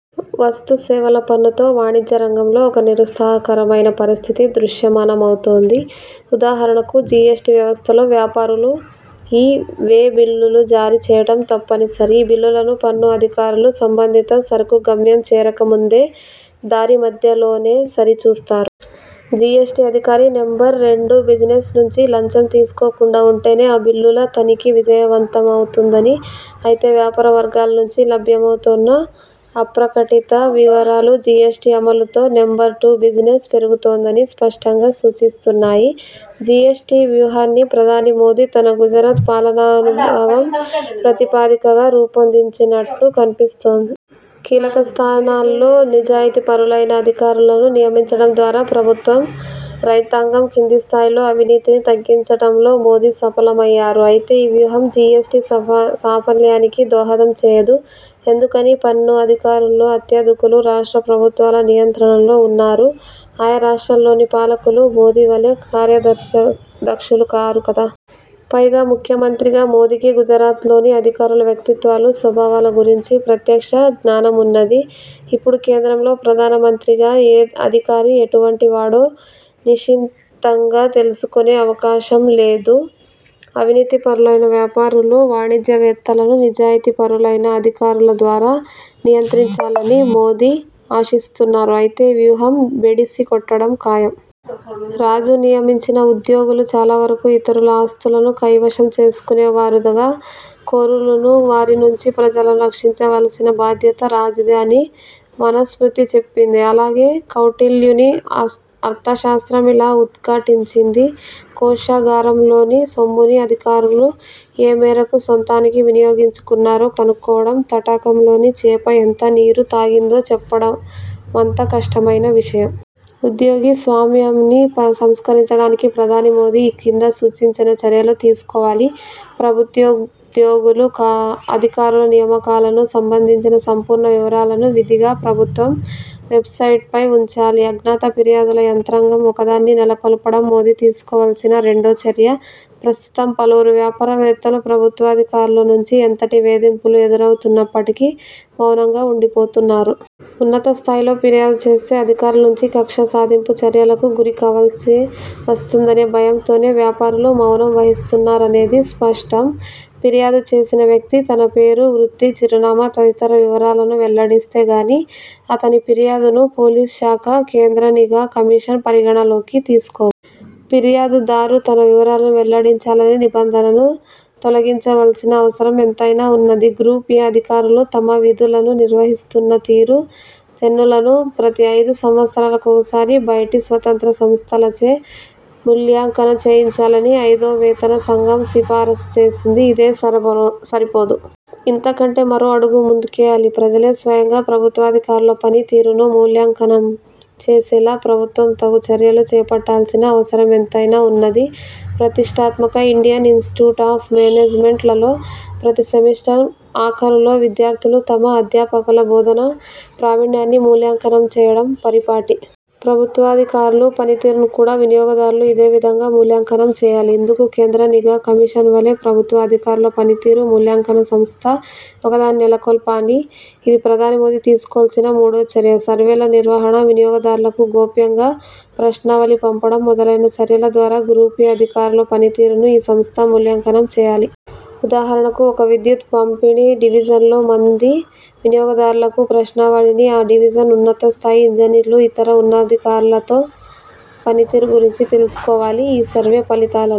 వస్తు సేవల పన్ను తో వాణిజ్య రంగంలో ఒక నిరుత్సాహకరమైన పరిస్థితి దృశ్యమానమవుతోంది. ఉదాహరణకు జీఎస్టీ వ్యవస్థలో వ్యాపారులు ఈ, వే బిల్లులు జారీ చేయడం తప్పనిసరి. ఈ బిల్లులను పన్ను అధికారులు సంబంధిత సరుకు గమ్యం చేరక ముందే దారి మధ్యలోనే సరి చూస్తారు. జీఎస్టీ అధికారి నెంబర్ రెండు బిజినెస్ నుంచి లంచం తీసుకోకుండా వుంటేనే ఆ బిల్లుల తనిఖీ విజయవంతమవుతుందిఅని అయితే వ్యాపార వర్గాల నుంచి లభ్యమవుతోన్న అప్రకటిత వివరాలు, జీఎస్టీ అమలుతో నెంబర్ టు బిజినెస్ పెరుగుతోందని స్పష్టంగా సూచిస్తున్నాయి. జీఎస్టీ వ్యూహాన్ని ప్రధాని మోదీ తన గుజరాత్ పాలనానుభవం ప్రాతిపదికగా రూపొందించినట్టు కన్పిస్తోంది. కీలక స్థానాల్లో నిజాయితీపరులైన అధికారులను నియమించడం ద్వారా ప్రభుత్వ రైతాంగం కింది స్థాయిలో అవినీతిని తగ్గించడంలో మోదీ సఫలమయ్యారు. అయితే ఆ వ్యూహం జీఎస్టీ సాఫల్యానికి దోహదం చేయదు. ఎందుకని? పన్ను అధికారుల్లో అత్యధికులు రాష్ట్ర ప్రభుత్వాల నియంత్రణలో వున్నారు. ఆయా రాష్ట్రాల్లోని పాలకులు మోదీ వలే కార్యదక్షులు కారు కదా. పైగా ముఖ్యమంత్రిగా మోదీకి గుజరాత్లోని అధికారుల వ్యక్తిత్వాలు, స్వభావాల గురించి ప్రత్యక్ష జ్ఞానమున్నది. ఇప్పుడు కేంద్రంలో ప్రధానమంత్రిగా ఏ అధికారి ఎటువంటి వాడో నిశితంగా తెలుసుకొనే అవకాశం లేదు. అవినీతిపరులైన వ్యాపారులు, వాణిజ్యవేత్తలను నిజాయితీపరులైన అధికారుల ద్వారా నియంత్రించాలని మోదీ ఆశిస్తున్నారు. అయితే ఈ వ్యూహం బెడిసి కొట్టడం ఖాయం. 'రాజు నియమించిన ఉద్యోగులు చాలావరకు ఇతరుల ఆస్తులను కైవశం చేసుకొనేవారూ, దగా కోరులూనూ వారి నుంచి ప్రజలను రక్షించవలసిన బాధ్యత రాజుదే' అని మనుస్మృతి చెప్పింది. అలాగే కౌటిల్యుని 'అర్థశాస్త్రం' ఇలా ఉద్ఘాటించింది 'కోశాగారంలోని సొమ్మును అధికారులు ఏ మేరకు సొంతానికి వినియోగించుకున్నారో కనుక్కోవడం, తటాకంలోని చేప ఎంత నీరు తాగిందో చెప్పడమంత కష్టమైన విషయం'. ఉద్యోగి స్వామ్యంని సంస్కరించడానికి ప్రధాని మోదీ ఈ క్రింద సూచించిన చర్యలు తీసుకోవాలి. ప్రభుత్వోద్యోగుల, అధికారుల నియామకాలకు సంబంధించిన సంపూర్ణ వివరాలను విధిగా ప్రభుత్వ వెబ్సైట్పై వుంచాలి. అజ్ఞాత ఫిర్యాదుల యంత్రాంగం ఒకదాన్ని నెలకొల్పడం మోదీ తీసుకోవల్సిన రెండో చర్య. ప్రస్తుతం పలువురు వ్యాపార వేత్తలు ప్రభుత్వాధికారుల నుంచి ఎంతగా వేధింపులు ఎదురవుతున్నప్పటికీ మౌనంగా వుండిపోతున్నారు. ఉన్నత స్థాయిలో ఫిర్యాదు చేస్తే అధికారుల నుంచి కక్ష సాధింపు చర్యలకు గురి కావలసివస్తుందనే భయంతోనే వ్యాపారులు మౌనం వహిస్తున్నారనేది స్పష్టం. ఫిర్యాదు చేసిన వ్యక్తి తన పేరు, వృత్తి, చిరునామా తదితర వివరాలను వెల్లడిస్తే గానీ అతని ఫిర్యాదును పోలీసు శాఖ, కేంద్ర నిఘా కమిషన్ పరిగణనలోకి తీసుకోవు. ఫిర్యాదు దారు తన వివరాలను వెల్లడించాలనే నిబంధనను తొలగించవల్సిన అవసరం ఎంతైనా వున్నది. గ్రూప్ 'ఏ' అధికారులు తమ విధులను నిర్వహిస్తున్న తీరు తెన్నులను ప్రతి ఐదు సంవత్సరాలకొకసారి బయటి, స్వతంత్ర సంస్థలచే మూల్యాంకనం చేయించాలని ఐదో వేతన సంఘం సిఫారసు చేసింది. ఇదే సరిపోదు. ఇంతకంటే మరో అడుగు ముందుకేయాలి. ప్రజలే స్వయంగా ప్రభుత్వాధికారుల పని తీరును మూల్యాంకంనం చేసేలా ప్రభుత్వం తగు చర్యలు చేపట్టాల్సిన అవసరం ఎంతైనా వున్నది. ప్రతిష్ఠాత్మక ఇండియన్ ఇన్స్టిట్యూట్ ఆఫ్ మేనేజ్మెంట్ లలో ప్రతి సెమిస్టర్ ఆఖరులో విద్యార్థులు తమ అధ్యాపకుల బోధనా ప్రావీణ్యాన్ని మూల్యాంకనం చేయడం పరిపాటి. ప్రభుత్వాధికారుల పనితీరును కూడా వినియోగదారులు ఇదే విధంగా మూల్యాంకనం చేయాలి. ఇందుకు కేంద్ర నిఘా కమిషన్ వలే 'ప్రభుత్వ అధికారుల పనితీరు మూల్యాంకన సంస్థ' ఒకదాన్ని నెలకొల్పాలి. ఇది, ప్రధాని మోదీ తీసుకోవల్సిన మూడో చర్య. సర్వేల నిర్వహణ, వినియోగదారులకు గోప్యంగా ప్రశ్నావళిని పంపడం మొదలైన చర్యల ద్వారా గ్రూప్ 'ఏ' అధికారుల పని తీరును ఈ సంస్థ మూల్యాంకనం చేయాలి. ఉదాహరణకు ఒక విద్యుత్ పంపిణీ డివిజన్లో మంది వినియోగదారులకు ప్రశ్నావళిని ఆ డివిజన్ ఉన్నతస్థాయి ఇంజనీర్లు, ఇతర ఉన్నతాధికారుల పనితీరు గురించి తెలుసుకోవాలి. ఈ సర్వే ఫలితాల